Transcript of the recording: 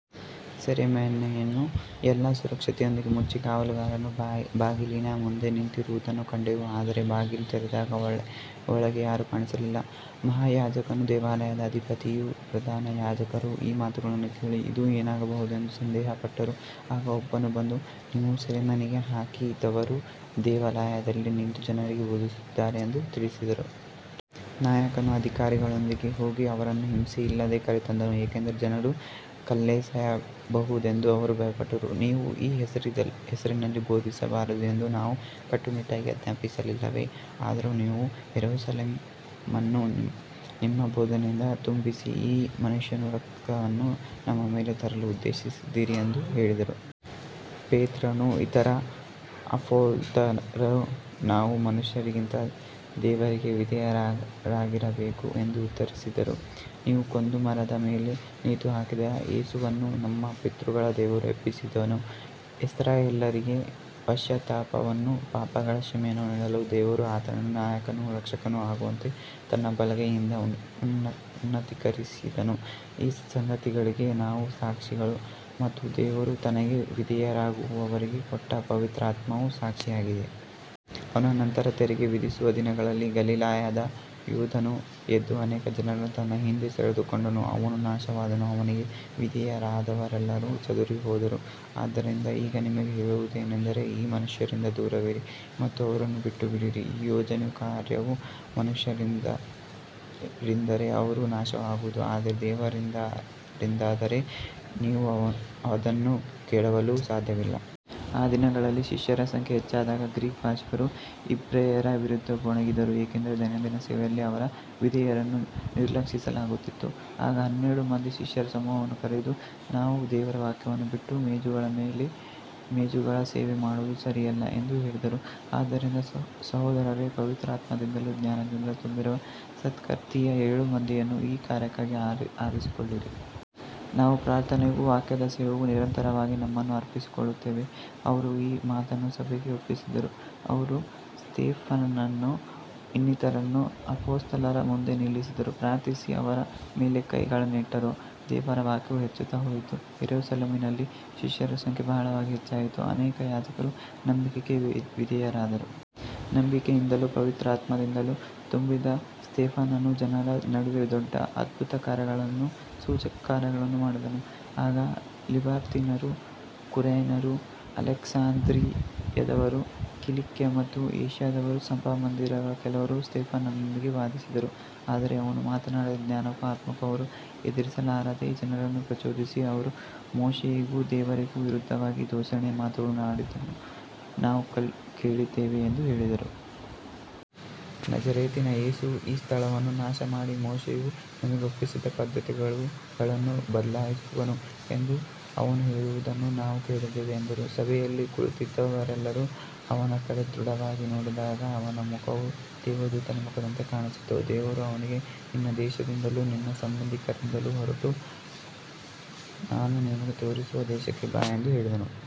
ಸೆರೆಮನೆಯನ್ನು ಎಲ್ಲಾ ಸುರಕ್ಷತೆಯೊಂದಿಗೆ ಮುಚ್ಚಿ, ಕಾವಲುಗಾರರು ಬಾಗಿಲಿನ ಮುಂದೆ ನಿಂತಿರುವುದನ್ನು ಕಂಡೆವು, ಆದರೆ ಬಾಗಿಲು ತೆರೆದಾಗ ಒಳಗೆ ಯಾರೂ ಕಾಣಿಸಲಿಲ್ಲ. ಮಹಾಯಾಜಕನೂ ದೇವಾಲಯದ ಅಧಿಪತಿಯೂ ಪ್ರಧಾನ ಯಾಜಕರೂ ಈ ಮಾತುಗಳನ್ನು ಕೇಳಿ, ಇದು ಏನಾಗಬಹುದೆಂದು ಸಂದೇಹಪಟ್ಟರು. ಆಗ ಒಬ್ಬನು ಬಂದು, ನೀವು ಸೆರೆಮನೆಗೆ ಹಾಕಿದವರು ದೇವಾಲಯದಲ್ಲಿ ನಿಂತು ಜನರಿಗೆ ಬೋಧಿಸುತ್ತಿದ್ದಾರೆ ಎಂದು ತಿಳಿಸಿದನು. ನಾಯಕನು ಅಧಿಕಾರಿಗಳೊಂದಿಗೆ ಹೋಗಿ ಅವರನ್ನು ಹಿಂಸೆಯಿಲ್ಲದೆ ಕರೆತಂದನು, ಏಕೆಂದರೆ ಜನರು ಕಲ್ಲೆಸೆಯಬಹುದೆಂದು ಅವರು ಭಯಪಟ್ಟರು. ನೀವು ಈ ಹೆಸರಿನಲ್ಲಿ ಬೋಧಿಸಬಾರದು ಎಂದು ನಾವು ಕಟ್ಟುನಿಟ್ಟಾಗಿ ಆಜ್ಞಾಪಿಸಲಿಲ್ಲವೇ, ಆದರೂ ನೀವು ಯೆರೂಸಲೇಮನ್ನು ನಿಮ್ಮ ಬೋಧನೆಯಿಂದ ತುಂಬಿಸಿ, ಈ ಮನುಷ್ಯನ ರಕ್ತವನ್ನು ನಮ್ಮ ಮೇಲೆ ತರಲು ಉದ್ದೇಶಿಸಿದ್ದೀರಿ ಎಂದು ಹೇಳಿದರು. ಪೇತ್ರನೂ ಇತರ ಅಪೊಸ್ತಲರೂ, ನಾವು ಮನುಷ್ಯರಿಗಿಂತ ದೇವರಿಗೆ ವಿಧೇಯರಾಗಿರಬೇಕು ಎಂದು ಉತ್ತರಿಸಿದರು. ನೀವು ಕೊಂದು ಮರದ ಮೇಲೆ ನೇತುಹಾಕಿದ ಯೇಸುವನ್ನು ನಮ್ಮ ಪಿತೃಗಳ ದೇವರು ಎಬ್ಬಿಸಿದನು. ಇಸ್ರಾಯೇಲ್ಯರಿಗೆ ಪಶ್ಚಾತ್ತಾಪವನ್ನೂ ಪಾಪಗಳ ಕ್ಷಮೆಯನ್ನೂ ನೀಡಲು ದೇವರು ಆತನನ್ನು ನಾಯಕನೂ ರಕ್ಷಕನೂ ಆಗುವಂತೆ ತನ್ನ ಬಲಗೈಯಿಂದ ಉನ್ನತೀಕರಿಸಿದನು. ಈ ಸಂಗತಿಗಳಿಗೆ ನಾವು ಸಾಕ್ಷಿಗಳು, ಮತ್ತು ದೇವರು ತನಗೆ ವಿಧೇಯರಾಗುವವರಿಗೆ ಕೊಟ್ಟ ಪವಿತ್ರಾತ್ಮವೂ ಸಾಕ್ಷಿಯಾಗಿದೆ. ಅವನ ನಂತರ ತೆರಿಗೆ ವಿಧಿಸುವ ದಿನಗಳಲ್ಲಿ ಗಲಿಲಾಯದ ಯೂದನು ಎದ್ದು ಅನೇಕ ಜನರನ್ನು ತನ್ನ ಹಿಂದೆ ಸೆಳೆದುಕೊಂಡನು. ಅವನೂ ನಾಶವಾದನು, ಅವನಿಗೆ ವಿಧೇಯರಾದವರೆಲ್ಲರೂ ಚದುರಿಹೋದರು. ಆದ್ದರಿಂದ ಈಗ ನಿಮಗೆ ಹೇಳುವುದೇನೆಂದರೆ, ಈ ಮನುಷ್ಯರಿಂದ ದೂರವಿರಿ ಮತ್ತು ಅವರನ್ನು ಬಿಟ್ಟುಬಿಡಿರಿ. ಈ ಯೋಜನೆಯೂ ಕಾರ್ಯವೂ ಮನುಷ್ಯರಿಂದಾದರೆ ಅದು ನಾಶವಾಗುವುದು, ಆದರೆ ದೇವರಿಂದಾದರೆ ನೀವು ಅದನ್ನು ಕೆಡವಲು ಸಾಧ್ಯವಿಲ್ಲ. ಆ ದಿನಗಳಲ್ಲಿ ಶಿಷ್ಯರ ಸಂಖ್ಯೆ ಹೆಚ್ಚಾದಾಗ ಗ್ರೀಕ್ ಭಾಷಿಕರು ಇಬ್ರಿಯರ ವಿರುದ್ಧ ಗೊಣಗಿದರು, ಏಕೆಂದರೆ ದೈನಂದಿನ ಸೇವೆಯಲ್ಲಿ ಅವರ ವಿಧವೆಯರನ್ನು ನಿರ್ಲಕ್ಷಿಸಲಾಗುತ್ತಿತ್ತು. ಆಗ ಹನ್ನೆರಡು ಮಂದಿ ಶಿಷ್ಯರ ಸಮೂಹವನ್ನು ಕರೆದು, ನಾವು ದೇವರ ವಾಕ್ಯವನ್ನು ಬಿಟ್ಟು ಮೇಜುಗಳ ಸೇವೆ ಮಾಡುವುದು ಸರಿಯಲ್ಲ ಎಂದು ಹೇಳಿದರು. ಆದ್ದರಿಂದ ಸಹೋದರರೇ, ಪವಿತ್ರಾತ್ಮದಿಂದಲೂ ಜ್ಞಾನದಿಂದಲೂ ತುಂಬಿರುವ ಸತ್ಕೀರ್ತಿಯ ಏಳು ಮಂದಿಯನ್ನು ಈ ಕಾರ್ಯಕ್ಕಾಗಿ ಆರಿಸಿಕೊಳ್ಳಿರಿ. ನಾವು ಪ್ರಾರ್ಥನೆಗೂ ವಾಕ್ಯದ ಸೇವೆಗೂ ನಿರಂತರವಾಗಿ ನಮ್ಮನ್ನು ಅರ್ಪಿಸಿಕೊಳ್ಳುತ್ತೇವೆ. ಅವರು ಈ ಮಾತನ್ನು ಸಭೆಗೆ ಒಪ್ಪಿಸಿದರು. ಅವರು ಸ್ತೇಫನನನ್ನೂ ಇನ್ನಿತರರನ್ನು ಅಪೊಸ್ತಲರ ಮುಂದೆ ನಿಲ್ಲಿಸಿದರು. ಪ್ರಾರ್ಥಿಸಿ ಅವರ ಮೇಲೆ ಕೈಗಳನ್ನಿಟ್ಟರು. ದೇವರ ವಾಕ್ಯವು ಹೆಚ್ಚುತ್ತಾ ಹೋಯಿತು, ಯೆರೂಸಲೇಮಿನಲ್ಲಿ ಶಿಷ್ಯರ ಸಂಖ್ಯೆ ಬಹಳವಾಗಿ ಹೆಚ್ಚಾಯಿತು, ಅನೇಕ ಯಾಜಕರೂ ನಂಬಿಕೆಗೆ ವಿಧೇಯರಾದರು. ನಂಬಿಕೆಯಿಂದಲೂ ಪವಿತ್ರಾತ್ಮದಿಂದಲೂ ತುಂಬಿದ್ದ ಸ್ತೇಫನನು ಜನರ ನಡುವೆ ದೊಡ್ಡ ಅದ್ಭುತಕಾರ್ಯಗಳನ್ನೂ ಸೂಚಕಕಾರ್ಯಗಳನ್ನೂ ಮಾಡಿದನು. ಆಗ ಲಿಬರ್ತೀನರು, ಕುರೇನ್ಯರು, ಅಲೆಕ್ಸಾಂದ್ರಿಯದವರು, ಕಿಲಿಕ್ಯ ಮತ್ತು ಏಷ್ಯಾದವರ ಸಭಾಮಂದಿರದ ಕೆಲವರು ಸ್ತೇಫನನೊಂದಿಗೆ ವಾದಿಸಿದರು. ಆದರೆ ಅವನು ಮಾತನಾಡಿದ ಜ್ಞಾನಕ್ಕೂ ಆತ್ಮಕ್ಕೂ ಅವರು ಎದುರಿಸಲಾರದೆ, ಜನರನ್ನು ಪ್ರಚೋದಿಸಿ, ಅವನು ಮೋಶೆಯಿಗೂ ದೇವರಿಗೂ ವಿರುದ್ಧವಾಗಿ ದೂಷಣೆಯ ಮಾತುಗಳನ್ನು ಆಡಿದ್ದನ್ನು ನಾವು ಕೇಳಿದ್ದೇವೆ ಎಂದು ಹೇಳಿದರು. ನಜರೇತಿನ ಯೇಸು ಈ ಸ್ಥಳವನ್ನು ನಾಶಮಾಡಿ ಮೋಶೆಯು ನಮಗೆ ಒಪ್ಪಿಸಿದ ಪದ್ಧತಿಗಳನ್ನು ಬದಲಾಯಿಸುವನು ಎಂದು ಅವನು ಹೇಳುವುದನ್ನು ನಾವು ಕೇಳಿದ್ದೇವೆ ಎಂದರು. ಸಭೆಯಲ್ಲಿ ಕುಳಿತಿದ್ದವರೆಲ್ಲರೂ ಅವನ ಕಡೆ ದೃಢವಾಗಿ ನೋಡಿದಾಗ, ಅವನ ಮುಖವು ದೇವದೂತನ ಮುಖದಂತೆ ಕಾಣಿಸಿತು. ದೇವರು ಅವನಿಗೆ, ನಿನ್ನ ದೇಶದಿಂದಲೂ ನಿನ್ನ ಸಂಬಂಧಿಕರಿಂದಲೂ ಹೊರಟು, ನಾನು ನಿನಗೆ ತೋರಿಸುವ ದೇಶಕ್ಕೆ ಬಾ ಎಂದು ಹೇಳಿದನು.